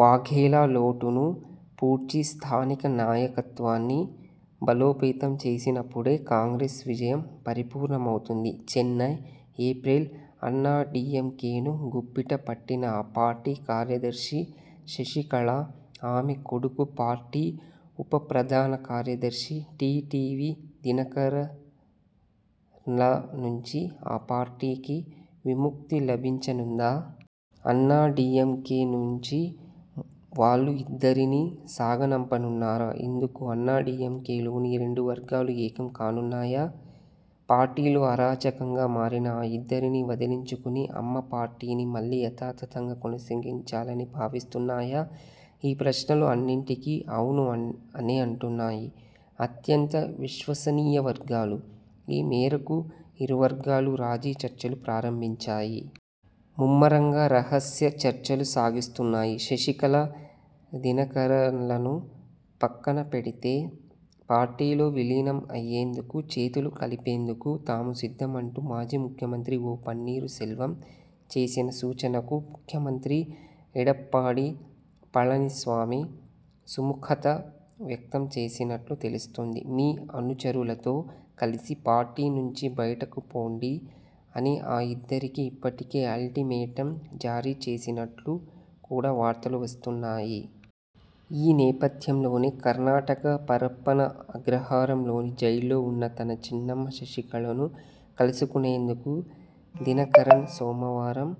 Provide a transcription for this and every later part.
వాఘేలా లోటును పూడ్చి స్థానిక నాయకత్వాన్ని బలోపేతం చేసినప్పుడే కాంగ్రెస్ విజయం పరిపూర్ణమవుతుంది. చెన్నై, ఏప్రిల్: అన్నాడీఎంకేను గుప్పిట పట్టిన ఆ పార్టీ ప్రధాన కార్యదర్శి శశికళ, ఆమె 'కొడుకు', పార్టీ ఉప ప్రధాన కార్యదర్శి టీటీవీ దినకరన్ల నుంచి ఆ పార్టీకి విముక్తి లభించనుందా? అన్నాడీఎంకే నుంచి వాళ్లు ఇద్దరినీ సాగనంపనున్నారా? ఇందుకు అన్నాడీఎంకేలోని రెండు వర్గాలూ ఏకం కానున్నాయా? పార్టీలో అరాచకంగా మారిన ఆ ఇద్దరినీ వదిలించుకుని 'అమ్మ పార్టీ'ని మళ్లీ యథాతథంగా కొనసాగించాలని భావిస్తున్నాయా? ఈ ప్రశ్నలు అన్నింటికీ 'ఔను' అనే అంటున్నాయి అత్యంత విశ్వసనీయ వర్గాలు. ఈ మేరకు ఇరు వర్గాలూ రాజీ చర్చలు ప్రారంభించాయి. ముమ్మరంగా రహస్య చర్చలు సాగిస్తున్నాయి. శశికళ, దినకరన్లను పక్కన పెడితే పార్టీలో విలీనం అయ్యేందుకు, చేతులు కలిపేందుకు తాము సిద్ధమంటూ మాజీ ముఖ్యమంత్రి ఓ. పన్నీరు సెల్వం చేసిన సూచనకు ముఖ్యమంత్రి ఎడప్పాడి పళని స్వామి సుముఖత వ్యక్తం చేసినట్లు తెలుస్తోంది. 'మీ అనుచరులతో కలిసి పార్టీ నుంచి బయటకు పొండి' అని ఆ ఇద్దరికీ ఇప్పటికే అల్టిమేటం జారీ చేసినట్లు కూడా వార్తలు వస్తున్నాయి. ఈ నేపథ్యంలోనే, కర్ణాటక పరప్పన అగ్రహారంలోని జైల్లో ఉన్న తన చిన్నమ్మ శశికళను కలుసుకునేందుకు దినకరన్ సోమవారం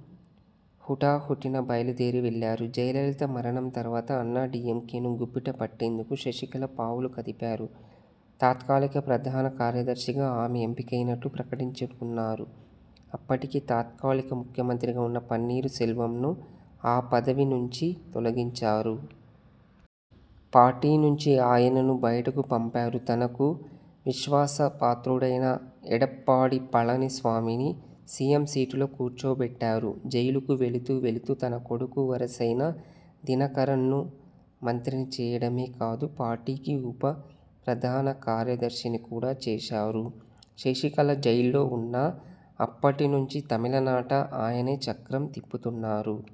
హుటాహుటిన బయలుదేరి వెళ్లారు. జయలలిత మరణం తర్వాత అన్నాడీఎంకేను గుప్పిట పట్టేందుకు శశికళ పావులు కదిపారు. తాత్కాలిక ప్రధాన కార్యదర్శిగా ఆమె ఎంపికైనట్లు ప్రకటించుకున్నారు. అప్పటికే తాత్కాలిక ముఖ్యమంత్రిగా ఉన్న పన్నీరు సెల్వంను ఆ పదవి నుంచి తొలగించారు. పార్టీ నుంచి ఆయనను బయటకు పంపారు. తనకు విశ్వాసపాత్రుడైన ఎడప్పాడి పళని స్వామిని సీఎం సీటులో కూర్చోబెట్టారు. జైలుకు వెళుతూ వెళుతూ తనకు కొడుకు వరసైన దినకరన్ను మంత్రిని చేయడమే కాదు పార్టీకి ఉప ప్రధాన కార్యదర్శిని కూడా చేశారు. శశికళ జైల్లో ఉన్నా అప్పటి నుంచి తమిళనాట ఆయనే చక్రం తిప్పుతున్నారు.